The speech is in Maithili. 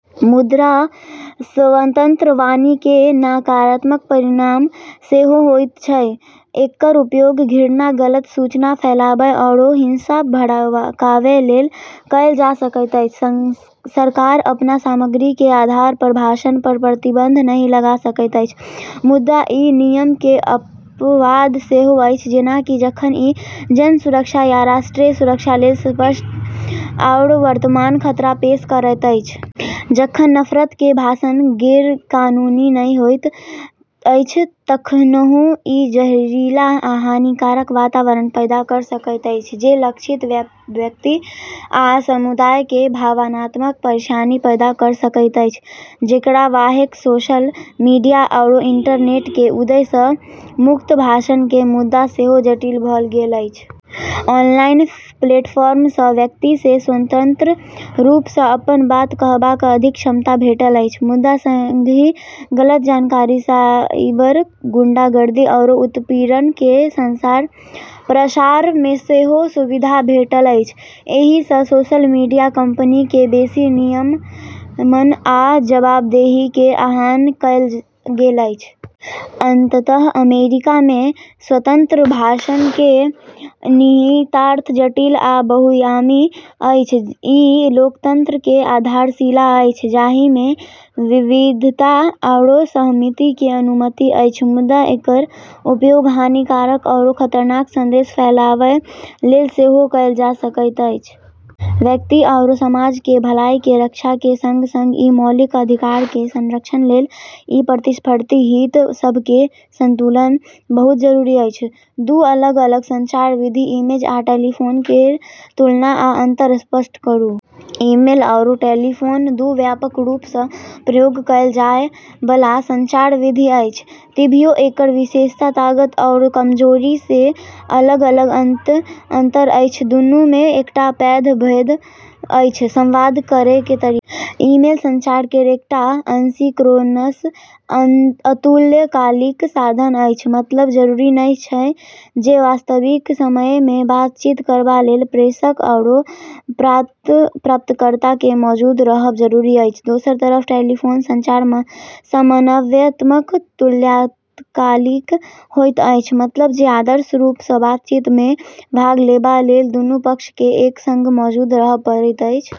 मुदा, स्वतंत्र वाणी केर नकारात्मक परिणाम सेहो होइत छैक। एकर उपयोग घृणा, गलत सूचना फैलाबै आओर हिंसा भड़काबै लेल कएल जा सकैत अछि। सरकार अपन सामग्री केर आधार पर भाषण पर प्रतिबंध नहि लगा सकैत अछि, मुदा ई नियम केर अपवाद सेहो अछि, जेना कि जखन ई जन सुरक्षा या राष्ट्रीय सुरक्षा लेल स्पष्ट आओर वर्तमान खतरा पेश करैत अछि। जखन नफरत केर भाषण गैरकानूनी नहि होइत अछि तखनहु ई जहरीला आ हानिकारक वातावरण पैदा कऽ सकैत अछि, जे लक्षित व्यक्ति आ समुदाय केँ भावनात्मक परेशानी पैदा कऽ सकैत अछि। एकरा बाहेक सोशल मीडिया आओर इंटरनेट केर उदय सँ मुक्त भाषण केर मुद्दा सेहो जटिल भऽ गेल अछि। ऑनलाइन प्लेटफॉर्म सँ व्यक्ति केँ स्वतंत्र रूप सँ अपन बात कहबाक अधिक क्षमता भेटल अछि, मुदा संगहि गलत जानकारी, साइबर गुंडागर्दी, आओर उत्पीड़न केर प्रसार मे सेहो सुविधा भेटल अछि। एहि सँ सोशल मीडिया कंपनी केँ बेसी नियमन आ जवाबदेही केर आह्वान कएल गेल अछि। अंततः अमेरिका मे स्वतंत्र भाषण केर निहितार्थ जटिल आ बहुआयामी अछि। ई लोकतंत्र केर आधारशिला अछि, जाहि मे विविधता आओर असहमति केर अनुमति अछि, मुदा एकर उपयोग हानिकारक आओर खतरनाक संदेश फैलाबै लेल सेहो कएल जा सकैत अछि। व्यक्ति आओर समाज केर भलाई केर रक्षा केर संग-संग ई मौलिक अधिकार केर संरक्षण लेल ई प्रतिस्पर्धी हित सभ केर संतुलन बहुत जरूरी अछि। दू अलग-अलग संचार विधि ईमेल आ टेलीफोन केर तुलना आ अंतर स्पष्ट करू। ईमेल आओर टेलीफोन दू व्यापक रूप सँ प्रयोग कएल जाय बला संचार विधि अछि, तभियो एकर विशेषता, ताकत आओर कमजोरी मे अलग-अलग अंतर अछि। दुनू मे एकटा पैघ भेद अछि संवाद केर तरीका। ईमेल संचार केर एकटा असिंक्रोनस अतुल्यकालिक साधन अछि, मतलब जरूरी नहि अछि जे वास्तविक समय मे बातचीत करबा लेल प्रेषक आओर प्राप्तकर्ता केँ मौजूद रहब जरूरी अछि। दोसर तरफ टेलीफोन संचार समन्वयात्मक तुल्यकालिक होइत अछि, मतलब जे आदर्श रूप सँ बातचीत मे भाग लेबा लेल दुनू पक्ष केँ एक संग मौजूद रहब पड़ैत अछि।